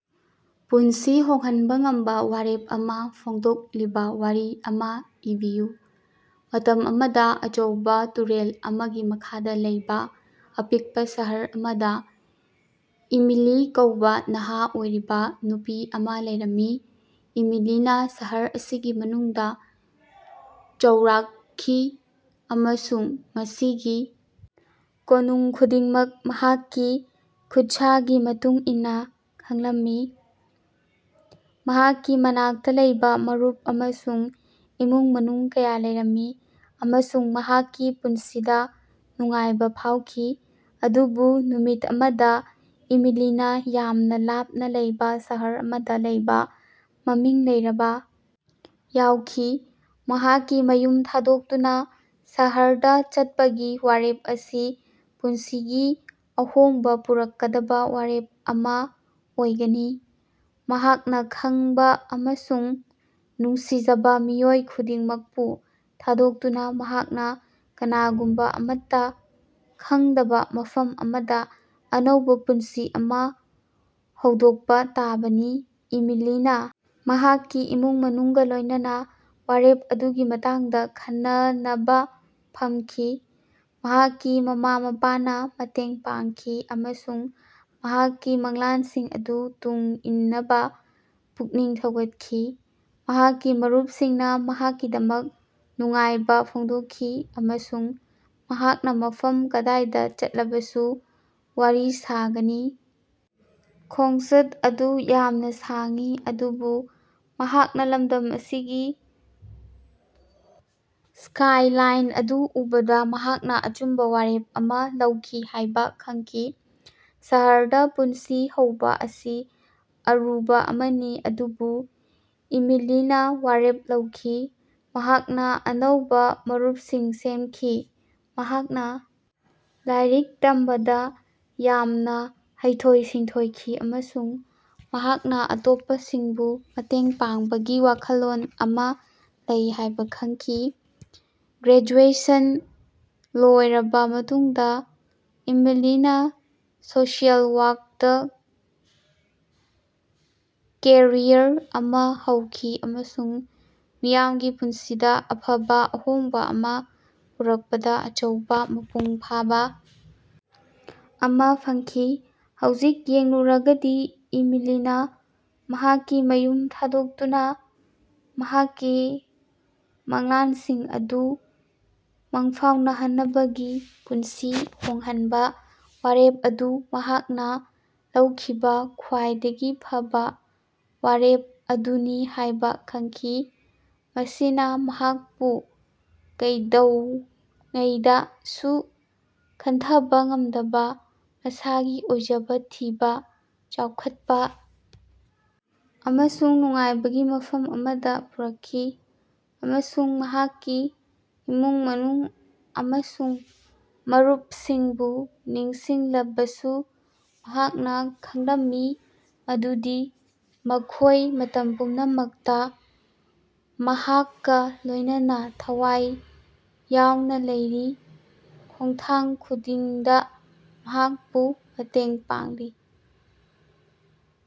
ꯄꯨꯟꯁꯤ ꯍꯣꯡꯍꯟꯕꯥ ꯉꯝꯕꯥ ꯋꯥꯔꯦꯞ ꯑꯃꯥ ꯐꯣꯡꯗꯣꯛꯂꯤꯕꯥ ꯋꯥꯔꯤ ꯑꯃꯥ ꯏꯕꯤꯌꯨ꯫ ꯃꯇꯝ ꯑꯃꯗꯥ ꯑꯆꯧꯕꯥ ꯇꯨꯔꯦꯜ ꯑꯃꯒꯤ ꯃꯈꯥꯗꯥ ꯂꯩꯕꯥ ꯑꯄꯤꯛꯄꯥ ꯁꯍꯔ ꯑꯃꯗꯥ ꯏꯃꯤꯂꯤ ꯀꯧꯕꯥ ꯅꯍꯥ ꯑꯣꯏꯔꯤꯕꯥ ꯅꯨꯄꯤ ꯑꯃꯥ ꯂꯩꯔꯝꯃꯤ꯫ ꯏꯃꯤꯂꯤꯅꯥ ꯁꯍꯔ ꯑꯁꯤꯒꯤ ꯃꯅꯨꯡꯗꯥ ꯆꯥꯎꯔꯥꯛꯈꯤ ꯑꯃꯁꯨꯡ ꯃꯁꯤꯒꯤ ꯀꯣꯅꯨꯡ ꯈꯨꯗꯤꯡꯃꯛ ꯃꯍꯥꯛꯀꯤ ꯈꯨꯠꯁꯥꯒꯤ ꯃꯇꯨꯡ ꯏꯟꯅꯥ ꯈꯪꯂꯝꯃꯤ꯫ ꯃꯍꯥꯛꯀꯤ ꯃꯅꯥꯛꯇꯥ ꯂꯩꯕꯥ ꯃꯔꯨꯞ ꯑꯃꯁꯨꯡ ꯏꯃꯨꯡ ꯃꯅꯨꯡ ꯀꯌꯥ ꯂꯩꯔꯝꯃꯤ ꯑꯃꯁꯨꯡ ꯃꯍꯥꯛꯀꯤ ꯄꯨꯟꯁꯤꯗꯥ ꯅꯨꯡꯉꯥꯏꯕꯥ ꯐꯥꯎꯈꯤ꯫ ꯑꯗꯨꯕꯨ ꯅꯨꯃꯤꯠ ꯑꯃꯗꯥ ꯏꯃꯤꯂꯤꯅꯥ ꯌꯥꯝꯅꯥ ꯂꯥꯞꯅꯥ ꯂꯩꯕꯥ ꯁꯍꯔ ꯑꯃꯗꯥ ꯂꯩꯕꯥ ꯃꯃꯤꯡ ꯂꯩꯔꯕꯥ ꯌꯥꯎꯈꯤ꯫ ꯃꯍꯥꯛꯀꯤ ꯃꯌꯨꯝ ꯊꯥꯗꯣꯛꯇꯨꯅꯥ ꯁꯍꯔꯗꯥ ꯆꯠꯄꯒꯤ ꯋꯥꯔꯦꯞ ꯑꯁꯤ ꯄꯨꯟꯁꯤꯒꯤ ꯑꯍꯣꯡꯕꯥ ꯄꯨꯔꯛꯀꯗꯕꯥ ꯋꯥꯔꯦꯞ ꯑꯃꯥ ꯑꯣꯏꯒꯅꯤ꯫ ꯃꯍꯥꯛꯅꯥ ꯈꯪꯕꯥ ꯑꯃꯁꯨꯡ ꯅꯨꯡꯁꯤꯖꯕꯥ ꯃꯤꯑꯣꯏ ꯈꯨꯗꯤꯡꯃꯛꯄꯨ ꯊꯥꯗꯣꯛꯇꯨꯅꯥ ꯃꯍꯥꯛꯅꯥ ꯀꯅꯥꯒꯨꯝꯕꯥ ꯑꯃꯠꯇꯥ ꯈꯪꯗꯕꯥ ꯃꯐꯝ ꯑꯃꯗꯥ ꯑꯅꯧꯕꯥ ꯄꯨꯟꯁꯤ ꯑꯃꯥ ꯍꯧꯗꯣꯛꯄꯥ ꯇꯥꯕꯅꯤ꯫ ꯏꯃꯤꯂꯤꯅꯥ ꯃꯍꯥꯛꯀꯤ ꯏꯃꯨꯡ ꯃꯅꯨꯡꯒꯥ ꯂꯣꯏꯅꯅꯥ ꯋꯥꯔꯦꯞ ꯑꯗꯨꯒꯤ ꯃꯇꯥꯡꯗꯥ ꯈꯟꯅꯅꯕꯥ ꯐꯝꯈꯤ꯫ ꯃꯍꯥꯛꯀꯤ ꯃꯃꯥ ꯃꯄꯥꯅꯥ ꯃꯇꯦꯡ ꯄꯥꯡꯈꯤ ꯑꯃꯁꯨꯡ ꯃꯍꯥꯛꯀꯤ ꯃꯪꯂꯥꯟꯁꯤꯡ ꯑꯗꯨ ꯇꯨꯡ ꯏꯟꯅꯕꯥ ꯄꯨꯛꯅꯤꯡ ꯊꯧꯒꯠꯈꯤ꯫ ꯃꯍꯥꯛꯀꯤ ꯃꯔꯨꯞꯁꯤꯡꯅꯥ ꯃꯍꯥꯛꯀꯤꯗꯃꯛ ꯅꯨꯡꯉꯥꯏꯕꯥ ꯐꯣꯡꯗꯣꯛꯈꯤ ꯑꯃꯁꯨꯡ ꯃꯍꯥꯛꯅꯥ ꯃꯐꯝ ꯀꯗꯥꯏꯗꯥ ꯆꯠꯂꯕꯁꯨ ꯋꯥꯔꯤ ꯁꯥꯒꯅꯤ ꯈꯣꯡꯆꯠ ꯑꯗꯨ ꯌꯥꯝꯅꯥ ꯁꯥꯡꯏ ꯑꯗꯨꯕꯨ ꯃꯍꯥꯛꯅꯥ ꯂꯝꯗꯝ ꯑꯁꯤꯒꯤ ꯁ꯭ꯀꯥꯏꯂꯥꯏꯟ ꯑꯗꯨ ꯎꯕꯗꯥ ꯃꯍꯥꯛꯅꯥ ꯑꯆꯨꯝꯕꯥ ꯋꯥꯔꯦꯞ ꯑꯃꯥ ꯂꯧꯈꯤ ꯍꯥꯏꯕꯥ ꯈꯪꯈꯤ꯫ ꯁꯍꯔꯗꯥ ꯄꯨꯟꯁꯤ ꯍꯧꯕꯥ ꯑꯁꯤ ꯑꯔꯨꯕꯥ ꯑꯃꯅꯤ ꯑꯗꯨꯕꯨ ꯏꯃꯤꯂꯤꯅꯥ ꯋꯥꯔꯦꯞ ꯂꯧꯈꯤ꯫ ꯃꯍꯥꯛꯅꯥ ꯑꯅꯧꯕꯥ ꯃꯔꯨꯞꯁꯤꯡ ꯁꯦꯝꯈꯤ ꯃꯍꯥꯛꯅ ꯂꯥꯏꯔꯤꯛ ꯇꯝꯕꯗꯥ ꯌꯥꯝꯅꯥ ꯍꯩꯊꯣꯏ ꯁꯤꯡꯊꯣꯏꯈꯤ ꯑꯃꯁꯨꯡ ꯃꯍꯥꯛꯅꯥ ꯑꯇꯣꯞꯄꯁꯤꯡꯕꯨ ꯃꯇꯦꯡ ꯄꯥꯡꯕꯒꯤ ꯋꯥꯈꯜꯂꯣꯟ ꯑꯃꯥ ꯂꯩ ꯍꯥꯏꯕꯥ ꯈꯪꯈꯤ꯫ ꯒ꯭ꯔꯦꯖꯨꯑꯦꯁꯟ ꯂꯣꯏꯔꯕꯥ ꯃꯇꯨꯡꯗꯥ ꯏꯃꯤꯂꯤꯅꯥ ꯁꯣꯁꯤꯑꯦꯜ ꯋꯥꯔꯛꯇꯥ ꯀꯦꯔꯤꯌꯔ ꯑꯃꯥ ꯍꯧꯈꯤ ꯑꯃꯁꯨꯡ ꯃꯤꯌꯥꯝꯒꯤ ꯄꯨꯟꯁꯤꯗꯥ ꯑꯐꯕꯥ ꯑꯍꯣꯡꯕꯥ ꯑꯃꯥ ꯄꯨꯔꯛꯄꯗꯥ ꯑꯆꯧꯕꯥ ꯃꯄꯨꯡ ꯐꯥꯕꯥ ꯑꯃꯥ ꯐꯪꯈꯤ꯫ ꯍꯧꯖꯤꯛ ꯌꯦꯡꯂꯨꯔꯒꯗꯤ ꯏꯃꯤꯂꯤꯅꯥ ꯃꯍꯥꯛꯀꯤ ꯃꯌꯨꯝ ꯊꯥꯗꯣꯛꯇꯨꯅꯥ ꯃꯍꯥꯛꯀꯤ ꯃꯪꯂꯥꯟꯁꯤꯡ ꯑꯗꯨ ꯃꯪꯐꯥꯎꯅꯍꯟꯅꯕꯒꯤ ꯄꯨꯟꯁꯤ ꯍꯣꯡꯍꯟꯕꯥ ꯋꯥꯔꯦꯞ ꯑꯗꯨ ꯃꯍꯥꯛꯅꯥ ꯂꯧꯈꯤꯕꯥ ꯈ꯭ꯋꯥꯏꯗꯒꯤ ꯐꯕꯥ ꯋꯥꯔꯦꯞ ꯑꯗꯨꯅꯤ ꯍꯥꯏꯕꯥ ꯈꯪꯈꯤ꯫ ꯃꯁꯤꯅꯥ ꯃꯍꯥꯛꯄꯨ ꯀꯩꯗꯧꯉꯩꯗꯁꯨ ꯈꯟꯊꯕꯥ ꯉꯝꯗꯕꯥ ꯃꯁꯥꯒꯤ ꯑꯣꯏꯖꯕꯥ ꯊꯤꯕꯥ ꯆꯥꯎꯈꯠꯄꯥ ꯑꯃꯁꯨꯡ ꯅꯨꯡꯉꯥꯏꯕꯒꯤ ꯃꯐꯝ ꯑꯃꯗꯥ ꯄꯨꯔꯛꯈꯤ꯫ ꯑꯃꯁꯨꯡ ꯃꯍꯥꯛꯀꯤ ꯏꯃꯨꯡ ꯃꯅꯨꯡ ꯑꯃꯁꯨꯡ ꯃꯔꯨꯞꯁꯤꯡꯕꯨ ꯅꯤꯡꯁꯤꯡꯂꯕꯁꯨ ꯃꯍꯥꯛꯅꯥ ꯈꯪꯂꯝꯏ ꯃꯗꯨꯗꯤ ꯃꯈꯣꯏ ꯃꯇꯝ ꯄꯨꯝꯅꯃꯛꯇꯥ ꯃꯍꯥꯛꯀꯥ ꯂꯣꯏꯅꯅꯥ ꯊꯋꯥꯏ ꯌꯥꯎꯅꯥ ꯂꯩꯔꯤ ꯈꯣꯡꯊꯥꯡ ꯈꯨꯗꯤꯡꯗꯥ ꯃꯍꯥꯛꯄꯨ ꯃꯇꯦꯡ ꯄꯥꯡꯂꯤ꯫